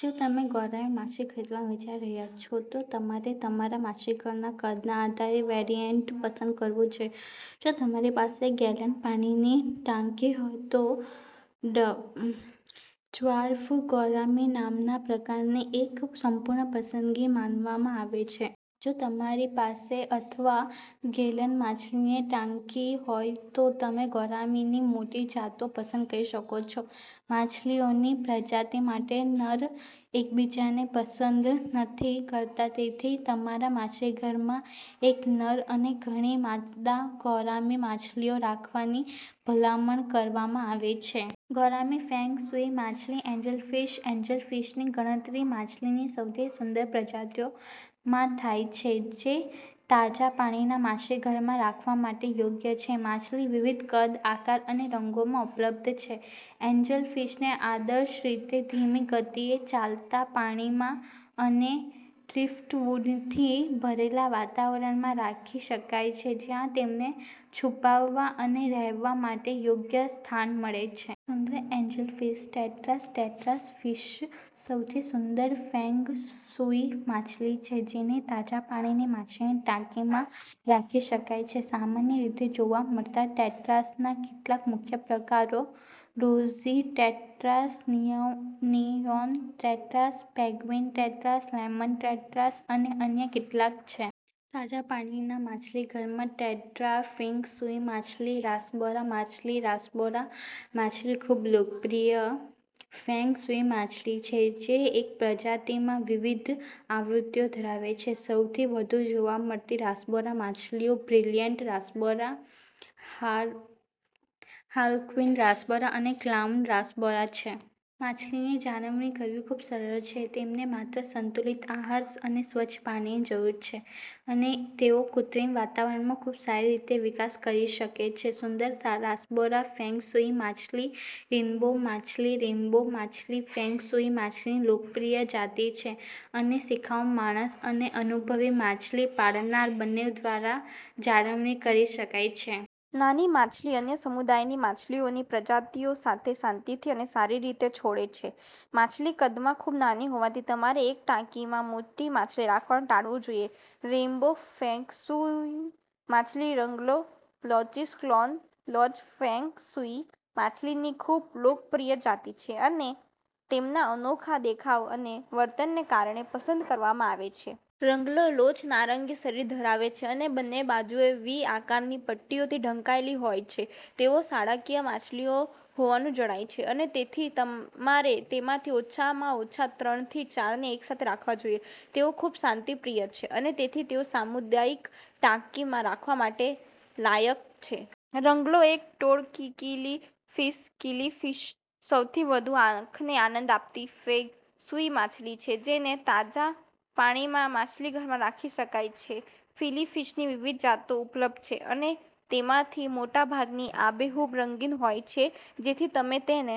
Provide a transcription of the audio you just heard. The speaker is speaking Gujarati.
જો તમે ગૌરામી માછલી ખરીદવાનું વિચારી રહ્યા છો, તો તમારે તમારા માછલીઘરના કદના આધારે વેરિઅન્ટ પસંદ કરવું જોઈએ. જો તમારી પાસે -ગેલન પાણીની ટાંકી હોય તો ડ્વાર્ફ ગૌરામી નામના પ્રકારને એક સંપૂર્ણ પસંદગી માનવામાં આવે છે. જો તમારી પાસેઅથવા -ગેલન માછલીની ટાંકી હોય તો તમે ગૌરામીની મોટી જાતો પસંદ કરી શકો છો. માછલીઓનીપ્રજાતિ માટે, નર એકબીજાને પસંદ નથી કરતા, તેથી તમારા માછલીઘરમાં એક નર અને ઘણી માદા ગૌરામી માછલીઓ રાખવાની ભલામણ કરવામાં આવે છે. ગૌરામી ફેંગ શુઇ માછલીએન્જલફિશ એન્જલફિશની ગણતરી માછલીની સૌથી સુંદર પ્રજાતિઓમાં થાય છે જે તાજા પાણીના માછલીઘરમાં રાખવા માટે યોગ્ય છે. માછલી વિવિધ કદ, આકાર અને રંગોમાં ઉપલબ્ધ છે. એન્જલફિશને આદર્શ રીતે ધીમી ગતિએ ચાલતા પાણીમાં અને ડ્રિફ્ટવુડથી ભરેલા વાતાવરણમાં રાખી શકાય છે જ્યાં તેમને છુપાવવા અને રહેવા માટે યોગ્ય સ્થાન મળે છે. સુંદર એન્જલફિશ. ટેટ્રાસ ટેટ્રા ફિશસૌથી સુંદર ફેંગ શુઇ માછલી છે જેને તાજા પાણીની માછલીની ટાંકીમાં રાખી શકાય છે. સામાન્ય રીતે જોવા મળતા ટેટ્રાસના કેટલાક મુખ્ય પ્રકારો rosy tetras, neon tetras, penguin tetras, lemon tetras અને અન્ય કેટલાક છે. તાજા પાણીના માછલીઘરમાં ટેટ્રા ફેંગ શુઇ માછલીરાસબોરા માછલી રાસબોરા માછલીખૂબલોકપ્રિય ફેંગ શુઇ માછલી છે જે એકપ્રજાતિમાં વિવિધ આવૃત્તિઓ ધરાવે છે. સૌથી વધુ જોવા મળતી રાસબોરા માછલીઓમાં બ્રિલિયન્ટ રાસબોરા, હાર્લ હાર્લેક્વિન રાસબોરા અને ક્લાઉન રાસબોરા છે. માછલીની જાળવણી કરવી ખૂબસરળ છે. તેમને માત્ર સંતુલિત આહાર અને સ્વચ્છ પાણીની જરૂર છે અને તેઓ કૃત્રિમ વાતાવરણમાં ખૂબસારી રીતે વિકાસ કરી શકે છે. સુંદર રાસબોરા ફેંગ શુઇ માછલીરેઈન્બો માછલી રેઈન્બો માછલી ફેંગ શુઈ માછલીની લોકપ્રિય જાતિ છે અને શિખાઉ માણસ અને અનુભવી માછલી પાળનારા બંને દ્વારા જાળવણી કરી શકાય છે. નાની માછલી અન્ય સમુદાયની માછલીઓની પ્રજાતિઓ સાથે શાંતિથી અને સારી રીતે છોડે છે. માછલી કદમાં ખૂબ નાની હોવાથી, તમારે એકટાંકીમાં મોટી માછલી રાખવાનું ટાળવું જોઈએ. રેઈન્બો ફેંગ શુઇ માછલીરંગલો લોચીસ ક્લોન લોચફેંગ શુઇ માછલીની ખૂબલોકપ્રિય જાતિ છે અને તેમના અનોખા દેખાવ અને વર્તનને કારણે પસંદ કરવામાં આવે છે. રંગલો લોચ નારંગી શરીર ધરાવે છે અને બંને બાજુએ વી આકારની પટ્ટીઓથી ઢંકાયેલી હોય છે. તેઓ શાળાકીય માછલીઓ હોવાનું જણાય છે, અને તેથી તમારે તેમાંથી ઓછામાં ઓછા ત્રણથી ચારને એકસાથે રાખવા જોઈએ. તેઓ ખૂબશાંતિપ્રિય છે અને તેથી તેઓ સામુદાયિક ટાંકીમાં રાખવા માટે લાયક છે. રંગલો એક ટોળકીકિલીફિશ કિલીફિશસૌથી વધુ આંખને આનંદ આપતી ફેંગ શુઇ માછલી છે જેને તાજા પાણીના માછલીઘરમાં રાખી શકાય છે. કિલીફિશની વિવિધ જાતો ઉપલબ્ધ છે, અને તેમાંથી મોટાભાગની આબેહૂબ રંગીન હોય છે જેથી તમે તેને